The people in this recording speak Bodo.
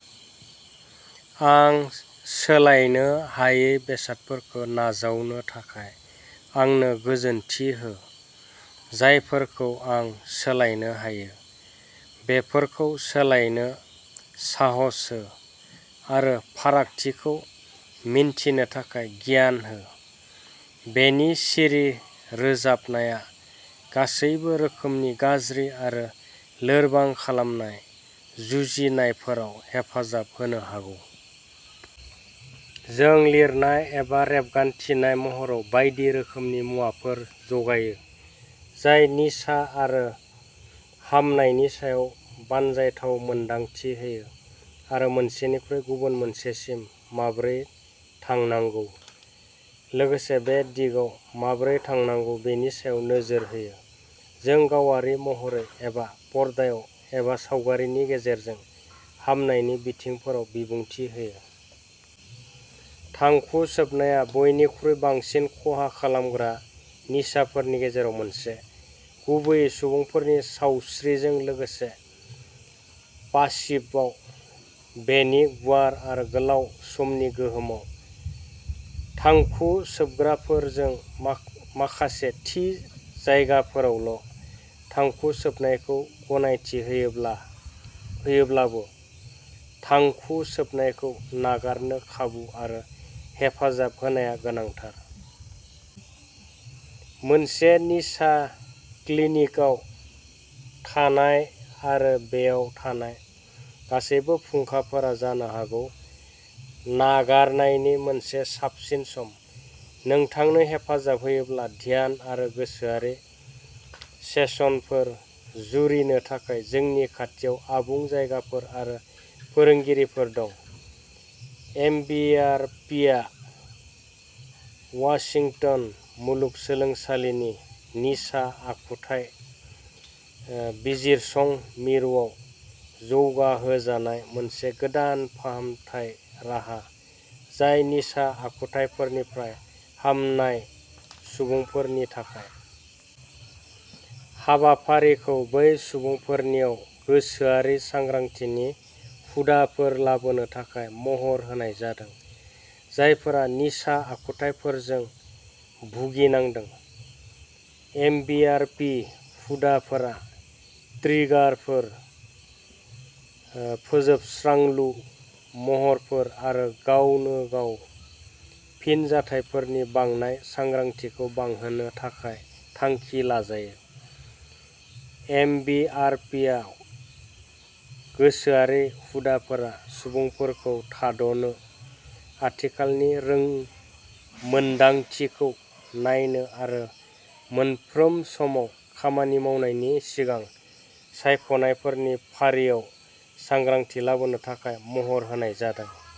आं सोलायनो हायै बेसादफोरखौ नाजावनो थाखाय आंनो गोजोनथि हो, जायफोरखौ आं सोलायनो हायो बेफोरखौ सोलायनो साहस हो आरो फारागथिखौ मिन्थिनो थाखाय गियान हो। बेनि सिरि रोजाबनाया गासैबो रोखोमनि गाज्रि आरो लोरबां खालामनाय जुजिनायफोराव हेफाजाब होनो हागौ। जों लिरनाय एबा रेबगान्थिनाय महराव बायदि रोखोमनि मुवाफोर जगायो जाय निसा आरो हामनायनि सायाव बाहायजाथाव मोनदांथि होयो आरो मोनसेनिफ्राय गुबुन मोनसेसिम माबोरै थांनांगौ, लोगोसे बै दिगाव माबोरै थांनांगौ बेनि सायाव नोजोर होयो। जों गावारि महरै एबा पर्दायाव एबा सावगारिनि गेजेरजों हामनायनि बिथिंफोराव बिबुंथि होयो। थांखु सोबनाया बयनिख्रुइ बांसिन खहा खालामग्रा निसाफोरनि गेजेराव मोनसे, गुबैयै सुबुंफोरनि सावस्रिजों लोगोसे पासिभआव बेनि गुवार आरो गोलाव समनि गोहोमआव। थांखु सोबग्राफोर जों माखासे थि जायगाफोरावल' थांखु सोबनायखौ गनायथि होयोब्लाबो, थांखु सोबनायखौ नागारनो खाबु आरो हेफाजाब होनाया गोनांथार। मोनसे निसा क्लिनिकआव थानाय आरो बेयाव थानाय गासैबो फुंखाफोरा जानो हागौ नागारनायनि मोनसे साबसिन सम। नोंथांनो हेफाजाब होयोब्ला ध्यान आरो गोसोआरि सेसनफोर जुरिनो थाखाय जोंनि खाथियाव आबुं जायगाफोर आरो फोरोंगिरिफोर दं। एमबिआरपिआ वाशिंटन मुलुगसोलोंसालिनि निसा आखुथाय बिजिरसं मिरुआव जौगाहोजानाय मोनसे गोदान फाहामथाय राहा, जाय निसा आखुथायफोरनिफ्राय हामनाय सुबुंफोरनि थाखाय। हाबाफारिखौ बै सुबुंफोरनियाव गोसोआरि सांग्रांथिनि हुदाफोर लाबोनो थाखाय महर होनाय जादों जायफोरा निसा आखुथायफोरजों भुगिनांदों। एमबिआरपि हुदाफोरा ट्रिगारफोर, फोजोबस्रांलु महरफोर आरो गावनो गाव फिनजाथायफोरनि बांनाय सांग्रांथिखौ बांहोनो थाखाय थांखि लाजायो। एमबिआरपिआव गोसोआरि हुदाफोरा सुबुंफोरखौ थाद'नो, आथिखालनि रोंमोनदांथिखौ नायनो आरो मोनफ्रोम समाव खामानि मावनायनि सिगां सायख'नायफोरनि फारियाव सांग्रांथि लाबोनो थाखाय महर होनाय जादों।